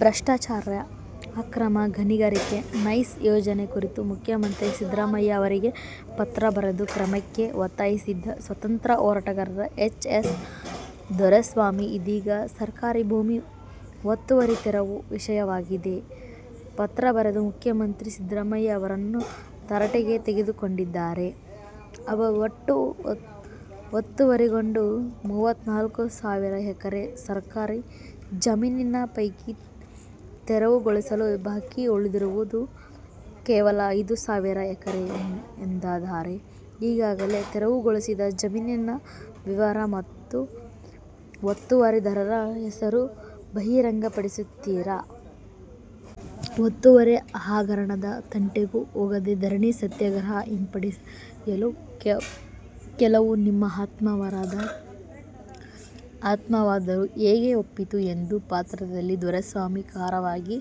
ಭ್ರಷ್ಟಾಚಾರ, ಅಕ್ರಮ ಗಣಿಗಾರಿಕೆ, ನೈಸ್ ಯೋಜನೆ ಕುರಿತು ಮುಖ್ಯಮಂತ್ರಿ ಸಿದ್ದರಾಮಯ್ಯ ಅವರಿಗೆ ಪತ್ರ ಬರೆದು ಕ್ರಮಕ್ಕೆ ಒತ್ತಾಯಿಸಿದ್ದ ಸ್ವಾತಂತ್ರ್ಯ ಹೋರಾಟಗಾರ ಎಚ್. ಎಸ್. ದೊರೆಸ್ವಾಮಿ, ಇದೀಗ ಸರ್ಕಾರಿ ಭೂಮಿ ಒತ್ತುವರಿ ತೆರವು ವಿಷಯವಾಗಿ ಪತ್ರ ಬರೆದು ಮುಖ್ಯಮಂತ್ರಿ ಸಿದ್ದರಾಮಯ್ಯ ಅವರನ್ನು ತರಾಟೆಗೆ ತೆಗೆದುಕೊಂಡಿದ್ದಾರೆ. ಒಟ್ಟು ಒತ್ತುವರಿಗೊಂಡ ಮೂವತ್ನಾಲ್ಕು ಸಾವಿರ ಎಕರೆ ಸರ್ಕಾರಿ ಜಮೀನಿನ ಪೈಕಿ ತೆರವುಗೊಳಿಸಲು ಬಾಕಿ ಉಳಿದಿರುವುದು ಕೇವಲ ಐದು ಸಾವಿರ ಎಕರೆ ಎಂದಾದರೆ, ಈಗಾಗಲೇ ತೆರವುಗೊಳಿಸಿದ ಜಮೀನಿನ ವಿವರ ಮತ್ತು ಒತ್ತುವರಿದಾರರ ಹೆಸರು ಬಹಿರಂಗಪಡಿಸುತ್ತೀರಾ? ಒತ್ತುವರಿ ಹಗರಣದ ತಂಟೆಗೂ ಹೋಗದೆ ಧರಣಿ ಸತ್ಯಾಗ್ರಹ ಹಿಂಪಡೆಯಲು ಕೇಳಲು ನಿಮ್ಮ ಆತ್ಮವಾದರೂ ಹೇಗೆ ಒಪ್ಪಿತು ಎಂದು ಪತ್ರದಲ್ಲಿ ದೊರೆಸ್ವಾಮಿ ಖಾರವಾಗಿ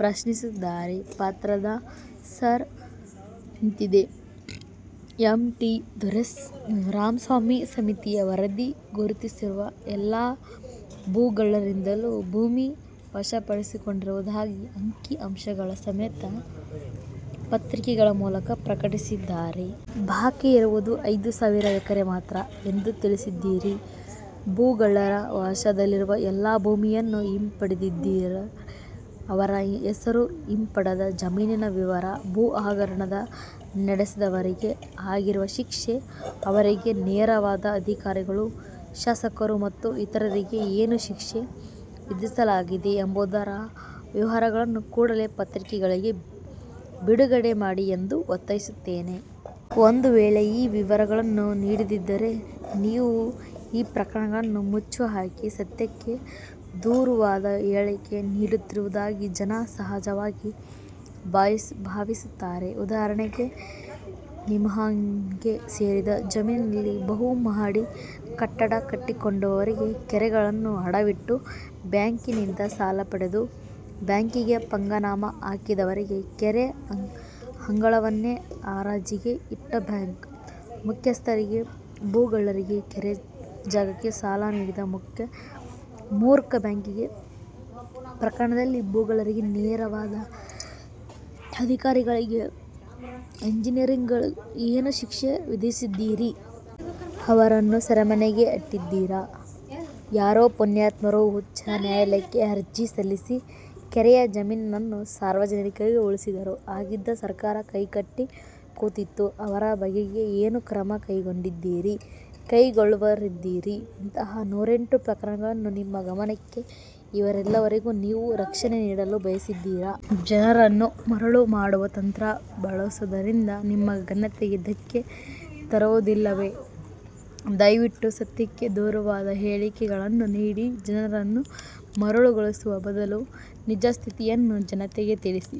ಪ್ರಶ್ನಿಸಿದ್ದಾರೆ. ಪತ್ರದ ಸಾರ ಇಂತಿದೆ: ಎ. ಟಿ. ರಾಮಸ್ವಾಮಿ ಸಮಿತಿಯ ವರದಿ ಗುರುತಿಸಿರುವ ಎಲ್ಲ ಭೂಗಳ್ಳರಿಂದಲೂ ಭೂಮಿ ವಶಪಡಿಸಿಕೊಂಡಿರುವುದಾಗಿ ಅಂಕಿ-ಅಂಶಗಳ ಸಮೇತ ಪತ್ರಿಕೆಗಳ ಮೂಲಕ ಪ್ರಕಟಿಸಿದ್ದೀರಿ. ಬಾಕಿ ಇರುವುದು ಐದು ಸಾವಿರ ಎಕರೆ ಮಾತ್ರ ಎಂದು ತಿಳಿಸಿದ್ದೀರಿ. ಭೂಗಳ್ಳರ ವಶದಲ್ಲಿರುವ ಎಲ್ಲ ಭೂಮಿಯನ್ನೂ ಹಿಂಪಡೆದಿದ್ದರೆ ಅವರ ಹೆಸರು, ಹಿಂಪಡೆದ ಜಮೀನಿನ ವಿವರ, ಭೂಹಗರಣ ನಡೆಸಿದವರಿಗೆ ಆಗಿರುವ ಶಿಕ್ಷೆ, ಅವರಿಗೆ ನೆರವಾದ ಅಧಿಕಾರಿಗಳು, ಶಾಸಕರು ಮತ್ತು ಇತರರಿಗೆ ಏನು ಶಿಕ್ಷೆ ವಿಧಿಸಲಾಗಿದೆ ಎಂಬುದರ ವಿವರಗಳನ್ನು ಕೂಡಲೆ ಪತ್ರಿಕೆಗಳಿಗೆ ಬಿಡುಗಡೆ ಮಾಡಿ ಎಂದು ಒತ್ತಾಯಿಸುತ್ತೇನೆ. ಒಂದು ವೇಳೆ ಈ ವಿವರಗಳನ್ನು ನೀಡದಿದ್ದರೆ ನೀವು ಈ ಪ್ರಕರಣಗಳನ್ನು ಮುಚ್ಚಿ ಹಾಕಿ, ಸತ್ಯಕ್ಕೆ ದೂರವಾದ ಹೇಳಿಕೆ ನೀಡುತ್ತಿರುವುದಾಗಿ ಜನ ಸಹಜವಾಗಿ ಭಾವಿಸುತ್ತಾರೆ. ಉದಾಹರಣೆಗೆ, ನಿಮ್ಹಾನ್ಸ್ಗೆ ಸೇರಿದ ಜಮೀನಿನಲ್ಲಿ ಬಹುಮಹಡಿ ಕಟ್ಟಡ ಕಟ್ಟಿಕೊಂಡವರಿಗೆ, ಕೆರೆಗಳನ್ನು ಅಡವಿಟ್ಟು ಬ್ಯಾಂಕಿನಿಂದ ಸಾಲಪಡೆದು, ಬ್ಯಾಂಕಿಗೆ ಪಂಗನಾಮ ಹಾಕಿದವರಿಗೆ, ಕೆರೆ ಅಂಗಳವನ್ನೇ ಹರಾಜಿಗೆ ಇಟ್ಟ ಬ್ಯಾಂಕ್ ಮುಖ್ಯಸ್ಥರಿಗೆ, ಭೂಗಳ್ಳನಿಗೆ, ಕೆರೆ ಜಾಗಕ್ಕೆ ಸಾಲ ನೀಡಿದ ಮೂರ್ಖ ಬ್ಯಾಂಕಿಗೆ, ಪ್ರಕರಣದಲ್ಲಿ ಭೂಗಳ್ಳರಿಗೆ ನೆರವಾದ ಅಧಿಕಾರಿಗಳಿಗೆ, ಇಂಜಿನಿಯರ್ಗಳಿಗೆ ಏನು ಶಿಕ್ಷೆ ವಿಧಿಸಿದ್ದೀರಿ? ಅವರನ್ನು ಸೆರೆಮನೆಗೆ ಅಟ್ಟಿದ್ದೀರಾ? ಯಾರೋ ಪುಣ್ಯಾತ್ಮರು ಉಚ್ಚ ನ್ಯಾಯಾಲಯಕ್ಕೆ ಅರ್ಜಿ ಸಲ್ಲಿಸಿ, ಕೆರೆಯ ಜಮೀನನ್ನು ಸಾರ್ವಜನಿಕರಿಗೆ ಉಳಿಸಿದರು. ಆಗಿದ್ದ ಸರ್ಕಾರ ಕೈಕಟ್ಟಿ ಕೂತಿತ್ತು. ಅವರ ಬಗೆಗೆ ಏನು ಕ್ರಮ ಕೈಗೊಂಡಿದ್ದೀರಿ? ಕೈಗೊಳ್ಳುವವರಿದ್ದೀರಿ? ಇಂತಹ ನೂರೆಂಟು ಪ್ರಕರಣಗಳನ್ನು ನಿಮ್ಮ ಗಮನಕ್ಕೆ, ಇವರೆಲ್ಲರಿಗೂ ನೀವು ರಕ್ಷಣೆ ನೀಡಲು ಬಯಸಿದ್ದೀರಾ? ಜನರನ್ನು ಮರುಳು ಮಾಡುವ ತಂತ್ರ ಬಳಸುವುದರಿಂದ ನಿಮ್ಮ ಘನತೆಗೆ ಧಕ್ಕೆ ತರುವುದಿಲ್ಲವೇ? ದಯವಿಟ್ಟು ಸತ್ಯಕ್ಕೆ ದೂರವಾದ ಹೇಳಿಕೆ ಗಳನ್ನು ನೀಡಿ ಜನರನ್ನು ಮರುಳುಗೊಳಿಸುವ ಬದಲು, ನಿಜಸ್ಥಿತಿಯನ್ನು ಜನತೆಗೆ ತಿಳಿಸಿ.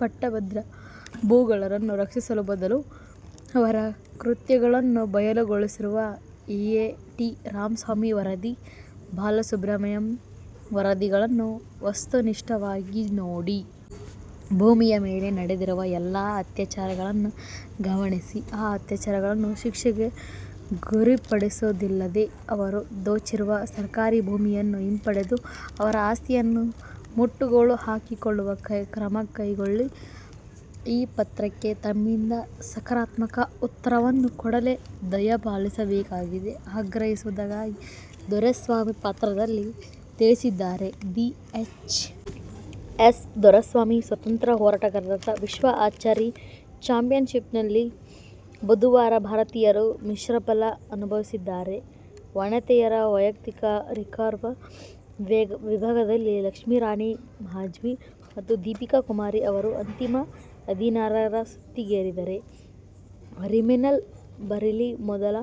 ಪಟ್ಟಭದ್ರ ಭೂಗಳ್ಳರನ್ನು ರಕ್ಷಿಸುವ ಬದಲು, ಅವರ ಕೃತ್ಯಗಳನ್ನು ಬಯಲುಗೊಳಿಸಿರುವ ಎ. ಟಿ. ರಾಮಸ್ವಾಮಿ ವರದಿ, ಬಾಲಸುಬ್ರಹ್ಮಣ್ಯಂ ವರದಿಗಳನ್ನು ವಸ್ತುನಿಷ್ಠವಾಗಿ ನೋಡಿ. ಭೂಮಿಯ ಮೇಲೆ ನಡೆದಿರುವ ಎಲ್ಲ ಅತ್ಯಾಚಾರಗಳನ್ನೂ ಗಮನಿಸಿ ಆ ಅತ್ಯಾಚಾರಿಗಳನ್ನು ಶಿಕ್ಷೆಗೆ ಗುರಿಪಡಿಸುವುದಲ್ಲದೆ, ಅವರು ದೋಚಿರುವ ಸರ್ಕಾರಿ ಭೂಮಿಯನ್ನು ಹಿಂಪಡೆದು ಅವರ ಆಸ್ತಿಯನ್ನು ಮುಟ್ಟುಗೋಲು ಹಾಕಿಕೊಳ್ಳಲು ಕ್ರಮಕೈಗೊಳ್ಳಿ. ಈ ಪತ್ರಕ್ಕೆ ತಮ್ಮಿಂದ ಸಕಾರಾತ್ಮಕ ಉತ್ತರವನ್ನು ಕೂಡಲೇ ದಯಪಾಲಿಸಬೇಕಾಗಿ ಆಗ್ರಹಿಸುವುದಾಗಿ ದೊರೆಸ್ವಾಮಿ ಪತ್ರದಲ್ಲಿ ತಿಳಿಸಿದ್ದಾರೆ. ಧಿ- ಎಚ್. ಎಸ್. ದೊರೆಸ್ವಾಮಿ ಸ್ವಾತಂತ್ರ್ಯ ಹೋರಾಟಗಾರ ವಿಶ್ವ ಆರ್ಚರಿ ಚಾಂಪಿಯನ್ಶಿಪ್ನಲ್ಲಿ ಬುಧವಾರ ಭಾರತೀಯರು ಮಿಶ್ರಫಲ ಅನುಭವಿಸಿದ್ದಾರೆ. ವನಿತೆಯರ ವೈಯಕ್ತಿಕ ರಿಕರ್ವ್ ವಿಭಾಗದಲ್ಲಿ ಲಕ್ಷ್ಮೀರಾಣಿ ಮಜ್ಹಿ ಮತ್ತು ದೀಪಿಕಾ ಕುಮಾರಿ ಅವರು ಅಂತಿಮ ಹದಿನಾರರ ಸುತ್ತಿಗೇರಿದರೆ ರಿಮಿಲ್ ಬರೀಲಿ ಮೊದಲ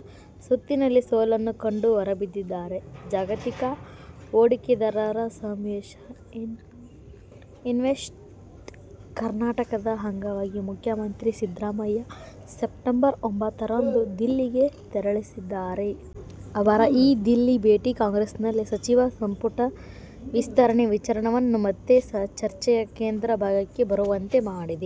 ಸುತ್ತಿನಲ್ಲಿ ಸೋಲನ್ನು ಕಂಡು ಹೊರಬಿದ್ದಿದ್ದಾರೆ. ಜಾಗತಿಕ ಹೂಡಿಕೆದಾರರ ಸಮಾವೇಶ ಇನ್ವೆಸ್ಟ್ ಕರ್ನಾಟಕದ ಅಂಗವಾಗಿ ಮುಖ್ಯಮಂತ್ರಿ ಸಿದ್ದರಾಮಯ್ಯ ಸೆಪ್ಟಂಬರ್ ಒಂಬತ್ತರಂದು ದಿಲ್ಲಿಗೆ ತೆರಳಲಿದ್ದಾರೆ. ಅವರ ಈ ದಿಲ್ಲಿ ಭೇಟಿ ಕಾಂಗ್ರೆಸ್ನಲ್ಲಿ ಸಚಿವ ಸಂಪುಟ ವಿಸ್ತರಣೆ ವಿಚಾರವನ್ನು ಮತ್ತೆ ಚರ್ಚೆಯ ಕೇಂದ್ರ ಭಾಗಕ್ಕೆ ಬರುವಂತೆ ಮಾಡಿದೆ.